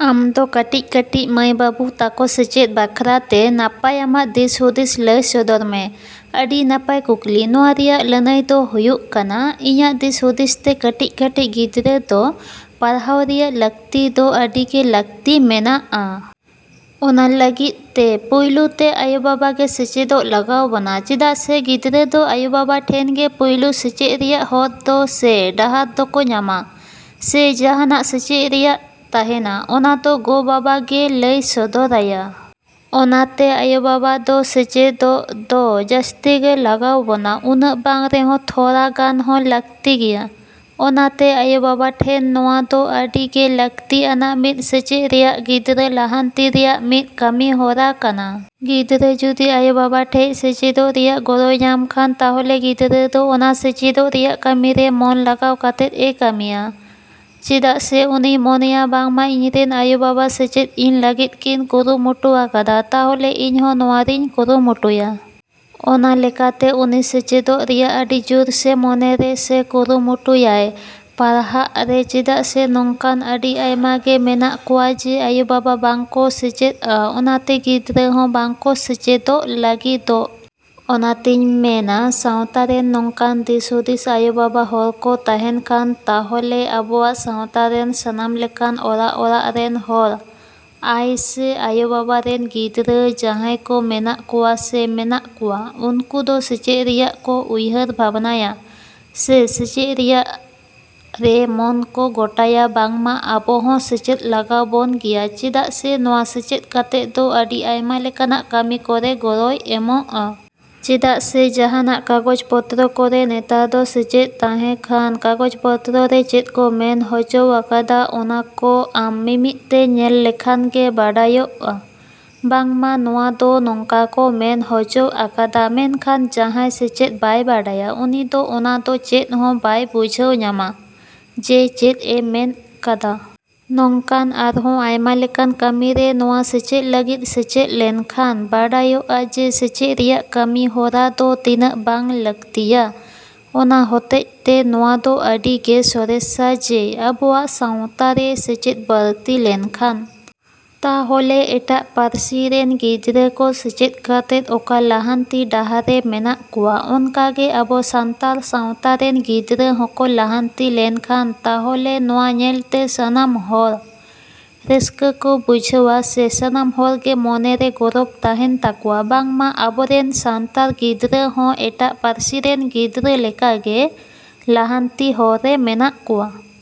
ᱟᱢ ᱫᱚ ᱠᱟᱹᱴᱤᱡᱼᱠᱟᱹᱴᱤᱡ ᱢᱟᱹᱭᱼᱵᱟᱹᱵᱩ ᱛᱟᱠᱚ ᱥᱮᱪᱮᱫ ᱵᱟᱠᱷᱨᱟ ᱛᱮ ᱱᱟᱯᱟᱭ ᱟᱢᱟᱜ ᱫᱤᱥᱦᱩᱫᱤᱥ ᱞᱟᱹᱭ ᱥᱚᱫᱚᱨ ᱢᱮ᱾ ᱟᱹᱰᱤ ᱱᱟᱯᱟᱭ ᱠᱩᱠᱞᱤ᱾ ᱱᱚᱣᱟ ᱨᱮᱭᱟᱜ ᱞᱟᱹᱱᱟᱹᱭ ᱫᱚ ᱦᱩᱭᱩᱜ ᱠᱟᱱᱟ ᱤᱧᱟᱹᱜ ᱫᱤᱥᱦᱩᱫᱤᱥ ᱛᱮ ᱠᱟᱹᱴᱤᱡᱼᱠᱟᱹᱴᱤᱡ ᱜᱤᱫᱽᱨᱟᱹ ᱫᱚ ᱯᱟᱲᱦᱟᱣ ᱨᱮᱭᱟᱜ ᱞᱟᱹᱠᱛᱤ ᱫᱚ ᱟᱹᱰᱤᱜᱮ ᱞᱟᱹᱠᱛᱤ ᱢᱮᱱᱟᱜᱼᱟ᱾ ᱚᱱᱟ ᱞᱟᱹᱜᱤᱫ ᱛᱮ ᱯᱩᱭᱞᱩ ᱛᱮ ᱟᱭᱳᱼᱵᱟᱵᱟ ᱜᱮ ᱥᱮᱪᱮᱫᱚᱜ ᱞᱟᱜᱟᱣ ᱵᱚᱱᱟ ᱪᱮᱫᱟᱜ ᱥᱮ ᱜᱤᱫᱽᱨᱟᱹ ᱫᱚ ᱟᱭᱳᱼᱵᱟᱵᱟ ᱴᱷᱮᱱ ᱜᱮ ᱯᱩᱭᱞᱩ ᱥᱮᱪᱮᱫ ᱨᱮᱭᱟᱜ ᱦᱚᱨ ᱫᱚ ᱥᱮ ᱰᱟᱦᱟᱨ ᱫᱚᱠᱚ ᱧᱟᱢᱟ ᱥᱮ ᱡᱟᱦᱟᱱᱟᱜ ᱥᱮᱪᱮᱫ ᱨᱮᱭᱟᱜ ᱛᱟᱦᱮᱱᱟ ᱚᱱᱟ ᱫᱚ ᱜᱚᱼᱵᱟᱵᱟ ᱜᱮ ᱞᱟᱹᱭ ᱥᱚᱫᱚᱨᱟᱭᱟ᱾ ᱚᱱᱟᱛᱮ ᱟᱭᱳᱼᱵᱟᱵᱟ ᱫᱚ ᱥᱮᱪᱮᱫᱚᱜ ᱫᱚ ᱡᱟᱹᱥᱛᱤᱜᱮ ᱞᱟᱜᱟᱣ ᱵᱚᱱᱟ ᱩᱱᱟᱹᱜ ᱵᱟᱝ ᱨᱮᱦᱚᱸ ᱛᱷᱚᱲᱟ ᱜᱟᱱ ᱦᱚᱸ ᱞᱟᱹᱠᱛᱤ ᱜᱮᱭᱟ᱾ ᱚᱱᱟᱛᱮ ᱟᱭᱳᱼᱵᱟᱵᱟ ᱴᱷᱮᱱ ᱱᱚᱣᱟ ᱫᱚ ᱟᱹᱰᱤ ᱜᱮ ᱞᱟᱹᱠᱛᱤ ᱟᱱᱟᱜ ᱢᱤᱫ ᱥᱮᱪᱮᱫ ᱨᱮᱭᱟᱜ ᱜᱤᱫᱽᱨᱟᱹ ᱞᱟᱦᱟᱱᱛᱤ ᱨᱮᱭᱟᱜ ᱢᱤᱫ ᱠᱟᱹᱢᱤ ᱦᱚᱨᱟ ᱠᱟᱱᱟ᱾ ᱜᱤᱫᱽᱨᱟᱹ ᱡᱩᱫᱤ ᱟᱭᱳᱼᱵᱟᱵᱟ ᱴᱷᱮᱡ ᱥᱮᱪᱮᱫ ᱨᱮᱭᱟᱜ ᱜᱚᱲᱚᱭ ᱧᱟᱢ ᱠᱷᱟᱱ ᱛᱟᱦᱚᱞᱮ ᱜᱤᱫᱽᱨᱟᱹ ᱫᱚ ᱚᱱᱟ ᱥᱮᱪᱮᱫᱚᱜ ᱨᱮᱭᱟᱜ ᱠᱟᱹᱢᱤᱨᱮ ᱢᱚᱱ ᱞᱟᱜᱟᱣ ᱠᱟᱛᱮᱫ ᱮ ᱠᱟᱹᱢᱤᱭᱟ ᱪᱮᱫᱟᱜ ᱥᱮ ᱩᱱᱤᱭ ᱢᱚᱱᱮᱭᱟ ᱵᱟᱝᱢᱟ ᱤᱧ ᱨᱮᱱ ᱟᱭᱳᱼᱵᱟᱵᱟ ᱥᱮᱪᱮᱫᱤᱧ ᱞᱟᱹᱜᱤᱫ ᱠᱤᱱ ᱠᱩᱨᱩᱢᱩᱴᱩ ᱟᱠᱟᱫᱟ ᱛᱟᱦᱚᱞᱮ ᱤᱧ ᱦᱚᱸ ᱱᱚᱣᱟ ᱨᱮᱧ ᱠᱩᱨᱩᱢᱩᱴᱩᱭᱟ᱾ ᱚᱱᱟ ᱞᱮᱠᱟᱛᱮ ᱩᱱᱤ ᱥᱮᱪᱮᱫᱚᱜ ᱨᱮᱭᱟᱜ ᱟᱹᱰᱤ ᱡᱳᱨ ᱥᱮ ᱢᱚᱱᱮᱨᱮ ᱥᱮ ᱠᱩᱨᱩᱢᱩᱴᱩ ᱭᱟᱭ ᱯᱟᱲᱦᱟᱜ ᱨᱮ ᱪᱮᱫᱟᱜ ᱥᱮ ᱱᱚᱝᱠᱟᱱ ᱟᱹᱰᱤ ᱟᱭᱢᱟ ᱜᱮ ᱢᱮᱱᱟᱜ ᱠᱚᱣᱟ ᱡᱮ ᱟᱭᱳᱼᱵᱟᱵᱟ ᱵᱟᱝ ᱠᱚ ᱥᱮᱪᱮᱫᱟ ᱚᱱᱟᱛᱮ ᱜᱤᱫᱽᱨᱟᱹ ᱦᱚᱸ ᱵᱟᱝᱠᱚ ᱥᱮᱪᱮᱫᱚᱜ ᱞᱟᱹᱜᱤᱫᱚᱜ᱾ ᱚᱱᱟᱛᱮᱧ ᱢᱮᱱᱟ ᱥᱟᱶᱛᱟᱨᱮᱱ ᱱᱚᱝᱠᱟᱱ ᱫᱤᱥᱦᱩᱫᱤᱥ ᱟᱭᱳᱼᱵᱟᱵᱟ ᱦᱚᱲ ᱠᱚ ᱛᱟᱦᱮᱱ ᱠᱷᱟᱱ ᱛᱟᱦᱚᱞᱮ ᱟᱵᱚᱣᱟᱜ ᱥᱟᱶᱛᱟ ᱨᱮᱱ ᱥᱟᱱᱟᱢ ᱞᱮᱠᱟᱱ ᱚᱲᱟᱜᱼᱚᱲᱟᱜ ᱨᱮᱱ ᱦᱚᱲ ᱟᱭᱥᱮ ᱟᱭᱳᱼᱵᱟᱵᱟ ᱨᱮᱱ ᱜᱤᱫᱽᱨᱟᱹ ᱡᱟᱦᱟᱸᱭ ᱠᱚ ᱢᱮᱱᱟᱜ ᱠᱚᱣᱟ ᱥᱮ ᱢᱮᱱᱟᱜ ᱠᱚᱣᱟ ᱩᱱᱠᱩ ᱫᱚ ᱥᱮᱪᱮᱫ ᱨᱮᱭᱟᱜ ᱠᱚ ᱩᱭᱦᱟᱹᱨ ᱵᱷᱟᱵᱽᱱᱟᱭᱟ ᱥᱮ ᱥᱮᱪᱮᱫ ᱨᱮᱭᱟᱜ ᱨᱮ ᱢᱚᱱ ᱠᱚ ᱜᱚᱴᱟᱭᱟ ᱵᱟᱝᱢᱟ ᱟᱵᱚ ᱦᱚᱸ ᱥᱮᱪᱮᱫ ᱞᱟᱜᱟᱣ ᱵᱚᱱ ᱜᱮᱭᱟ ᱪᱮᱫᱟᱜ ᱥᱮ ᱱᱚᱣᱟ ᱥᱮᱪᱮᱫ ᱠᱟᱛᱮᱫ ᱫᱚ ᱟᱹᱰᱤ ᱟᱭᱢᱟ ᱞᱮᱠᱟᱱᱟᱜ ᱠᱟᱹᱢᱤ ᱠᱚᱨᱮ ᱜᱚᱲᱚᱭ ᱮᱢᱚᱜᱼᱟ᱾ ᱪᱮᱫᱟᱜ ᱥᱮ ᱡᱟᱦᱟᱱᱟᱜ ᱠᱟᱜᱚᱡᱽ ᱯᱚᱛᱨᱚ ᱠᱚᱨᱮ ᱱᱮᱛᱟᱨ ᱫᱚ ᱥᱮᱪᱮᱫ ᱛᱟᱦᱮᱸ ᱠᱷᱟᱱ ᱠᱟᱜᱚᱡᱽ ᱯᱚᱛᱨᱚ ᱨᱮ ᱪᱮᱫ ᱠᱚ ᱢᱮᱱ ᱦᱚᱪᱚᱣ ᱟᱠᱟᱫᱟ ᱚᱱᱟ ᱠᱚ ᱟᱢ ᱢᱤᱢᱤᱫ ᱛᱮ ᱧᱮᱞ ᱞᱮᱠᱷᱟᱱ ᱜᱮ ᱵᱟᱰᱟᱭᱚᱜᱼᱟ ᱵᱟᱝᱢᱟ ᱱᱚᱶᱟ ᱫᱚ ᱱᱚᱝᱠᱟ ᱠᱚ ᱢᱮᱱ ᱦᱚᱪᱚᱣ ᱟᱠᱟᱫᱟ ᱢᱮᱱᱠᱷᱟᱱ ᱡᱟᱦᱟᱸᱭ ᱥᱮᱪᱮᱫ ᱵᱟᱭ ᱵᱟᱰᱟᱭᱟ ᱩᱱᱤ ᱫᱚ ᱚᱱᱟ ᱫᱚ ᱪᱮᱫ ᱦᱚᱸ ᱵᱟᱭ ᱵᱩᱡᱷᱟᱹᱣ ᱧᱟᱢᱟ ᱡᱮ ᱪᱮᱫ ᱮ ᱢᱮᱱ ᱠᱟᱫᱟ᱾ ᱱᱚᱝᱠᱟᱱ ᱟᱨᱦᱚᱸ ᱟᱭᱢᱟ ᱞᱮᱠᱟᱱ ᱠᱟᱹᱢᱤᱨᱮ ᱱᱚᱶᱟ ᱥᱮᱪᱮᱫ ᱞᱟᱹᱜᱤᱫ ᱥᱮᱪᱮᱫ ᱞᱮᱱᱠᱷᱟᱱ ᱵᱟᱰᱟᱭᱚᱜᱼᱟ ᱡᱮ ᱥᱮᱪᱮᱫ ᱨᱮᱭᱟᱜ ᱠᱟᱹᱢᱤ ᱦᱚᱨᱟ ᱫᱚ ᱛᱤᱱᱟᱹᱜ ᱵᱟᱝ ᱞᱟᱹᱠᱛᱤᱭᱟ᱾ ᱚᱱᱟ ᱦᱚᱛᱮᱡ ᱛᱮ ᱱᱚᱣᱟ ᱫᱚ ᱟᱰᱤᱜᱮ ᱥᱚᱨᱮᱥᱟ ᱡᱮ ᱟᱵᱚᱣᱟᱜ ᱥᱟᱶᱛᱟᱨᱮ ᱥᱮᱪᱮᱫ ᱵᱟᱹᱲᱛᱤ ᱞᱮᱱᱠᱷᱟᱱ ᱛᱟᱦᱚᱞᱮ ᱮᱴᱟᱜ ᱯᱟᱹᱨᱥᱤᱨᱮᱱ ᱜᱤᱫᱽᱨᱟᱹ ᱠᱚ ᱥᱮᱪᱮᱫ ᱠᱟᱛᱮᱫ ᱚᱠᱟ ᱞᱟᱦᱟᱱᱛᱤ ᱰᱟᱦᱟᱨ ᱨᱮ ᱢᱮᱱᱟᱜ ᱠᱚᱣᱟ ᱚᱱᱠᱟᱜᱮ ᱟᱵᱚ ᱥᱟᱱᱛᱟᱲ ᱥᱟᱶᱛᱟ ᱨᱮᱱ ᱜᱤᱫᱽᱨᱟᱹ ᱦᱚᱸᱠᱚ ᱞᱟᱦᱟᱱᱛᱤ ᱞᱮᱱᱠᱷᱟᱱ ᱛᱟᱦᱚᱞᱮ ᱱᱚᱣᱟ ᱧᱮᱞ ᱛᱮ ᱥᱟᱱᱟᱢ ᱦᱚᱲ ᱨᱟᱹᱥᱠᱟᱹ ᱠᱚ ᱵᱩᱡᱷᱟᱹᱣᱟ ᱥᱮ ᱥᱟᱱᱟᱢ ᱦᱚᱲ ᱜᱮ ᱢᱚᱱᱮᱨᱮ ᱜᱚᱨᱚᱵ ᱛᱟᱦᱮᱱ ᱛᱟᱠᱚᱣᱟ ᱵᱟᱝᱢᱟ ᱟᱵᱚᱨᱮᱱ ᱥᱟᱱᱛᱟᱲ ᱜᱤᱫᱽᱨᱟᱹ ᱦᱚᱸ ᱮᱴᱟᱜ ᱯᱟᱨᱥᱤᱨᱮᱱ ᱜᱤᱫᱽᱨᱟᱹ ᱞᱮᱠᱟᱜᱮ ᱞᱟᱦᱟᱱᱛᱤ ᱦᱚᱨ ᱨᱮ ᱢᱮᱱᱟᱜ ᱠᱚᱣᱟ।